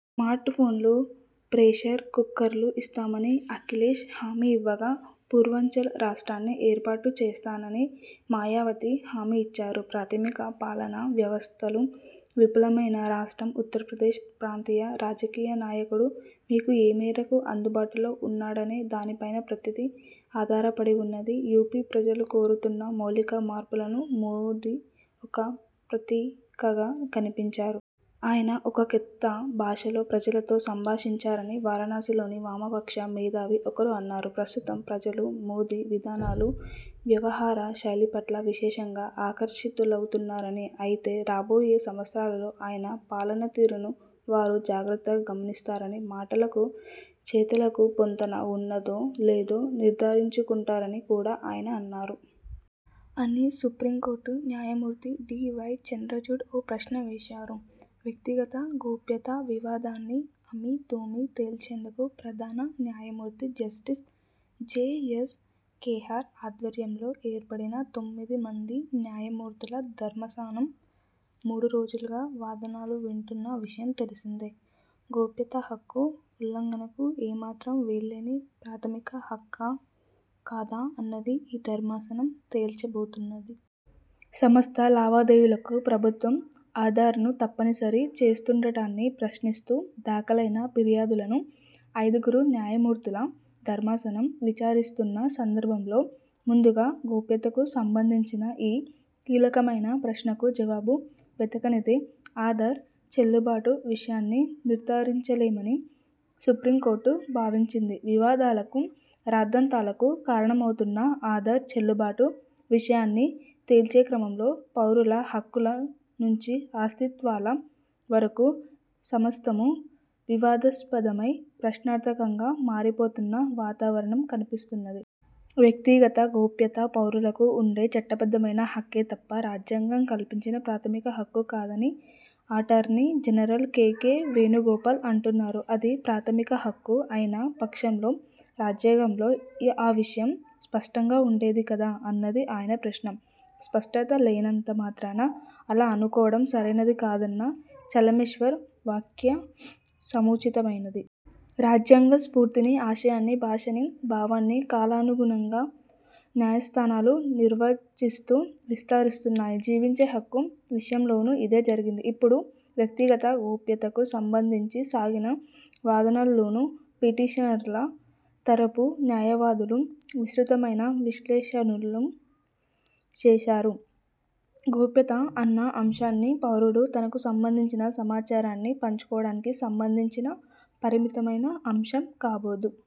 Smart ఫోన్లు, pressure కుక్కర్లు ఇస్తామని అఖిలేశ్ హామీ ఇవ్వగా పూర్వాంచల్ రాష్ట్రాన్ని ఏర్పాటు చేస్తానని మాయావతి హామీఇచ్చారు. ప్రాథమిక పాలనా వ్యవస్థలు విఫలమైన రాష్ట్రం ఉత్తరప్రదేశ్. ప్రాంతీయ రాజకీయనాయకుడు మీకు ఏ మేరకు అందుబాటులో ఉన్నాడనే దానిపైనే ప్రతిదీ ఆధారపడివున్నది. యూపీ ప్రజలు కోరుతున్న మౌలిక మార్పులకు మోదీ ఒక ప్రతీకగా కనిపించారు. ఆయన ఒక కొత్త భాషలో ప్రజలతో సంభాషించారని' వారణాసిలోని వామపక్ష మేధావి ఒకరు అన్నారు. ప్రస్తుతం ప్రజలు మోదీ విధానాలు, వ్యవహారశైలిపట్ల విశేషంగా ఆకర్షితులవుతున్నారని, అయితే రాబోయే సంవత్సరాలలో ఆయన పాలనాతీరును వారు జాగ్రత్తగా గమనిస్తారని, మాటలకు చేతలకు పొంతన వున్నదో లేదో నిర్ధారించుకుంటారని కూడా ఆయన అన్నారు. అని సుప్రీంకోర్టు న్యాయమూర్తి డి. వై. చంద్రచూడ్ ఓ ప్రశ్న వేశారు. వ్యక్తిగత గోప్యత వివాదాన్ని అమీతుమీ తేల్చేందుకు ప్రధాన న్యాయమూర్తి జస్టిస్ జె. ఎస్. ఖేహార్ ఆధ్వర్యంలో ఏర్పడిన తొమ్మిది మంది న్యాయమూర్తుల ధర్మాసనం మూడురోజులుగా వాదనలు వింటున్న విషయం తెలిసిందే. గోప్యతహక్కు ఉల్లంఘనకు ఏమాత్రం వీల్లేని ప్రాథమిక హక్కా, కాదా అన్నది ఈ ధర్మాసనం తేల్చబోతున్నది. సమస్త లావాదేవీలకు ప్రభుత్వం ఆధార్ను తప్పనిసరి చేస్తుండటాన్ని ప్రశ్నిస్తూ దాఖలైన ఫిర్యాదులను ఐదుగురు న్యాయమూర్తుల ధర్మాసనం విచారిస్తున్న సందర్భంలో, ముందుగా గోప్యతకు సంబంధించిన ఈ కీలకమైన ప్రశ్నకు జవాబు వెతకనిదే ఆధార్ చెల్లుబాటు విషయాన్ని నిర్థారించలేమని సుప్రీంకోర్టు భావించింది. వివాదాలకు, రాద్ధాంతాలకు కారణమవుతున్న ఆధార్ చెల్లుబాటు విషయాన్ని తేల్చేక్రమంలో పౌరుల హక్కుల నుంచి అస్తిత్వాల వరకూ సమస్తమూ వివాదాస్పదమై, ప్రశ్నార్థకంగా మారిపోతున్న వాతావరణం కనిపిస్తున్నది. వ్యక్తిగత గోప్యత పౌరులకు ఉండే చట్టబద్ధమైన హక్కే తప్ప, రాజ్యాంగం కల్పించిన ప్రాథమిక హక్కు కాదని attorney general K. K. Venugopal అంటున్నారు. అది ప్రాథమిక హక్కు అయిన పక్షంలో రాజ్యాంగంలో ఆ విషయం స్పష్టంగా ఉండేది కదా అన్నది ఆయన ప్రశ్న. స్పష్టంగా లేనంత మాత్రాన అలా అనుకోవడం సరైనది కాదన్న చలమేశ్వర్ వ్యాఖ్య సముచితమైనది. రాజ్యాంగ స్ఫూర్తినీ, ఆశయాన్నీ, భాషనీ, భావాన్నీ కాలానుగుణంగా న్యాయస్థానాలు నిర్వచిస్తూ విస్తరిస్తున్నాయి. జీవించే హక్కు విషయంలోనూ ఇదే జరిగింది. ఇప్పుడు, వ్యక్తిగత గోప్యతకు సంబంధించి సాగిన వాదనల్లోనూ పిటిషనర్ల తరఫు న్యాయవాదులు విస్తృతమైన విశ్లేషణలు చేశారు. గోప్యత అన్న అంశాన్ని పౌరుడు తనకు సంబంధించిన సమాచారాన్ని పంచుకోవడానికి సంబంధించిన పరిమితమైన అంశం కాబోదు.